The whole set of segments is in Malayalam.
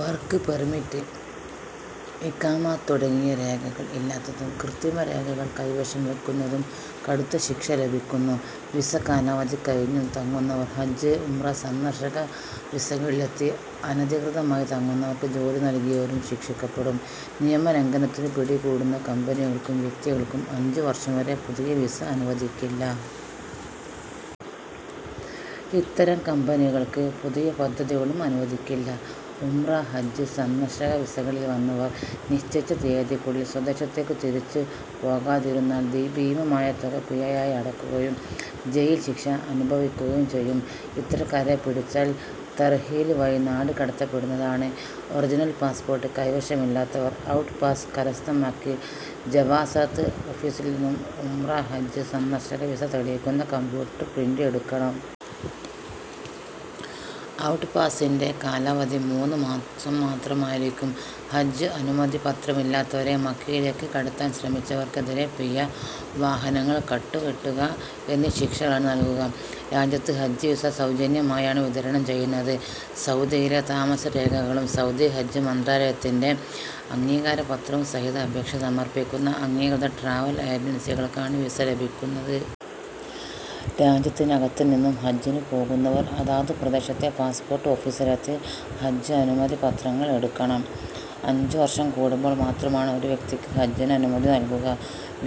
വർക്ക് പെർമിറ്റ്, ഇഖാമ തുടങ്ങിയ രേഖകൾ ഇല്ലാത്തതും കൃത്രിമരേഖകൾ കൈവശം വെക്കുന്നതും കടുത്ത ശിക്ഷ ലഭിക്കുന്നു. വിസ കാലാവധി കഴിഞ്ഞും തങ്ങുന്നവരും ഹജ്ജ്, ഉംറ, സന്ദർശക വിസകളിലെത്തി അനധികൃതമായി തങ്ങുന്നവർക്ക് ജോലി നൽകിയവരും ശിക്ഷിക്കപ്പെടും. നിയമലംഘനത്തിനു പിടികൂടുന്ന കമ്പനികൾക്കും വ്യക്തികൾക്കും അഞ്ചു വർഷം വരെ പുതിയ വിസ അനുവദിക്കില്ല. ഇത്തരം കമ്പനികൾക്ക് പുതിയ പദ്ധതികളും അനുവദിക്കില്ല. ഉംറ, ഹജ്ജ്, സന്ദർശക വിസകളിൽ വന്നവർ നിശ്ചയിച്ച തീയതിക്കുള്ളിൽ സ്വദേശത്തേക്ക് തിരിച്ചു പോകാതിരുന്നാൽ ഭീമമായ തുക പിഴയായി അടക്കുകയും ജയിൽ ശിക്ഷ അനുഭവിക്കുകയും ചെയ്യും. ഇത്തരക്കാരെ പിടിച്ചാൽ തർഹീൽ വഴി നാട് കടത്തപ്പെടുന്നതാണ്. ഒറിജിനൽ പാസ്പോർട്ട് കൈവശമില്ലാത്തവർ ഔട്ട്പാസ് കരസ്ഥമാക്കി ജവാസാത്ത് ഓഫീസിൽനിന്ന് ഉംറ/ ഹജ്ജ്/ സന്ദർശക വിസ തെളിയിക്കുന്ന കമ്പ്യൂട്ടർ പ്രിന്റ് എടുക്കണം. ഔട്ട് പാസിന്റെ കാലാവധി മൂന്ന് മാസം മാത്രമായിരിക്കും. ഹജ്ജ് അനുമതി പത്രമില്ലാത്തവരെ മക്കയിലേക്ക് കടത്താൻ ശ്രമിച്ചവർക്കെതിരെ പിഴ, വാഹനങ്ങൾ കണ്ടുകെട്ടുക എന്നീ ശിക്ഷകളാണ് നൽകുക. രാജ്യത്ത് ഹജ്ജ് വിസ സൗജന്യമായാണ് വിതരണം ചെയ്യുന്നത്. സൗദിയിലെ താമസരേഖകളും സൗദി ഹജ്ജ് മന്ത്രാലയത്തിന്റെ അംഗീകാരപത്രവും സഹിതം അപേക്ഷ സമർപിക്കുന്ന അംഗീകൃത ട്രാവൽ ഏജൻസികൾക്കാണ് വിസ ലഭിക്കുന്നത്. രാജ്യത്തിനകത്ത് നിന്നും ഹജ്ജിനു പോകുന്നവർ അതതു പ്രദേശത്തെ പാസ്പോർട്ട് ഓഫീസിലെത്തി ഹജ്ജ് അനുമതിപത്രങ്ങൾ എടുക്കണം. അഞ്ചു വർഷം കൂടുമ്പോൾ മാത്രമാണ് ഒരു വ്യക്തിക്ക് ഹജ്ജിനു അനുമതി നൽകുക.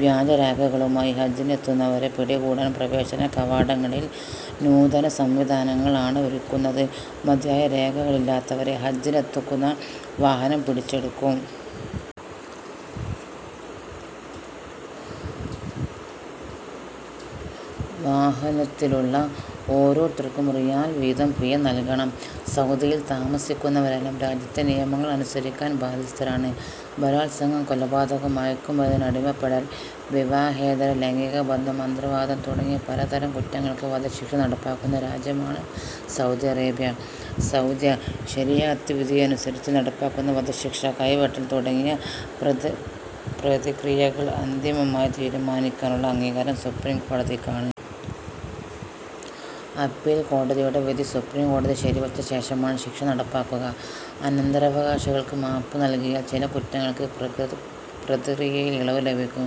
വ്യാജരേഖകളുമായി ഹജ്ജിനെത്തുന്നവരെ പിടികൂടാൻ പ്രവേശന കവാടങ്ങളിൽ നൂതന സംവിധാനങ്ങൾ ആണ് ഒരുക്കുന്നത്. മതിയായ രേഖകളില്ലാത്തവരെ ഹജ്ജിനെത്തിക്കുന്ന വാഹനം പിടിച്ചെടുക്കും. വാഹനത്തിലുള്ള ഓരോരുത്തർക്കും റിയാൽ വീതം പിഴ നൽകണം സൗദിയിൽ താമസിക്കുന്നവരെല്ലാം രാജ്യത്തെ നിയമങ്ങൾ അനുസരിക്കാൻ ബാധ്യസ്ഥരാണ്. ബലാത്സംഗം, കൊലപാതകം, മയക്കുമരുന്നിനടിമപ്പെടൽ, വിവാഹേതര ലൈംഗിക ബന്ധം, മന്ത്രവാദം തുടങ്ങിയ പലതരം കുറ്റങ്ങൾക്ക് വധശിക്ഷ നടപ്പാക്കുന്ന രാജ്യമാണ് സൗദി അറേബ്യ. സൗദി ശരീഅത്ത് വിധിയനുസരിച്ച് നടപ്പാക്കുന്ന വധശിക്ഷ, കൈവെട്ടൽ തുടങ്ങിയ പ്രതിക്രിയകൾ അന്തിമമായി തീരുമാനിക്കാനുള്ള അധികാരം സുപ്രീംകോടതിക്കാണ്. അപ്പീൽ കോടതിയുടെ വിധി സുപ്രീംകോടതി ശരിവെച്ച ശേഷമാണ് ശിക്ഷ നടപ്പാക്കുക. അനന്തരാവകാശികൾ മാപ്പ് നൽകിയാൽ ചില കുറ്റങ്ങൾക്ക് പ്രതിക്രിയയിൽ ഇളവ് ലഭിക്കും.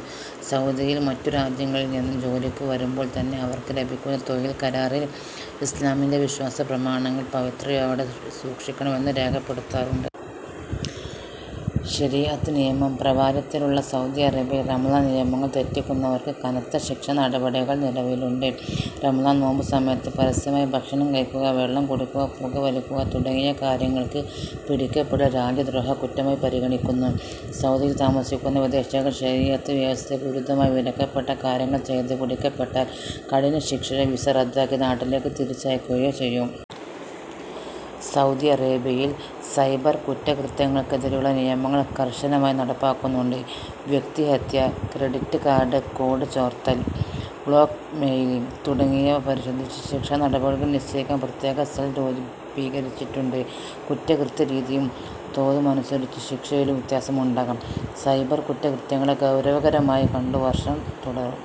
സൗദിയിൽ മറ്റു രാജ്യങ്ങളിൽ നിന്നും ജോലിക്കു വരുമ്പോൾ തന്നെ അവർക്ക് ലഭിക്കുന്ന തൊഴിൽ കരാറിൽ ഇസ്ലാമിന്റെ വിശ്വാസ പ്രമാണങ്ങൾ പവിത്രതയോടെ സൂക്ഷിക്കണം എന്ന് രേഖപ്പെടുത്താറുണ്ട്. ശരീഅത്ത് നിയമം പ്രാബല്യത്തിലുള്ള സൗദി അറേബ്യയിൽ റമദാൻ നിയമങ്ങൾ തെറ്റിക്കുന്നവർക്ക് കനത്ത ശിക്ഷാ നടപടികൾ നിലവിലുണ്ട്. റമദാൻ നോമ്പു സമയത്ത് പരസ്യമായി ഭക്ഷണം കഴിക്കുക, വെളളം കുടിക്കുക, പുകവലിക്കുക തുടങ്ങിയ കാര്യങ്ങൾക്ക് പിടിക്കപ്പെട്ടാൽ രാജ്യദ്രോഹ കുറ്റമായി പരിഗണിക്കുന്നു. സൗദിയിൽ താമസിക്കുന്ന വിദേശികൾ ശരീഅത്ത് വ്യവസ്ഥക്ക് വിരുദ്ധമായ വിലക്കപ്പെട്ട കാര്യങ്ങൾ ചെയ്ത് പിടിക്കപ്പെട്ടാൽ കഠിന ശിക്ഷയോ വിസ റദ്ദാക്കി നാട്ടിലേക്ക് തിരിച്ചയക്കുകയോ ചെയ്യും. സൗദി അറേബ്യയിൽ സൈബർ കുറ്റകൃത്യങ്ങൾക്കെതിരെയുളള നിയമങ്ങൾ കർശനമായി നടപ്പാക്കുന്നുണ്ട്. വ്യക്തിഹത്യ, ക്രെഡിറ്റ് കാർഡ് കോഡ് ചോർത്തൽ, ബ്ലാക്ക്മെയ്ലിങ് തുടങ്ങിയവ പരിശോധിച്ചു ശിക്ഷാ നടപടികൾ നിശ്ചയിക്കാൻ പ്രത്യേക സെൽ രൂപീകരിച്ചിട്ടുണ്ട്. കുറ്റകൃത്യ രീതിയും തോതുമനുസരിച്ചു ശിക്ഷയിലും വ്യത്യാസമുണ്ടാകും. സൈബർ കുറ്റകൃത്യങ്ങളെ ഗൗരവകരമായി കണ്ടു വർഷം വരെ തടവും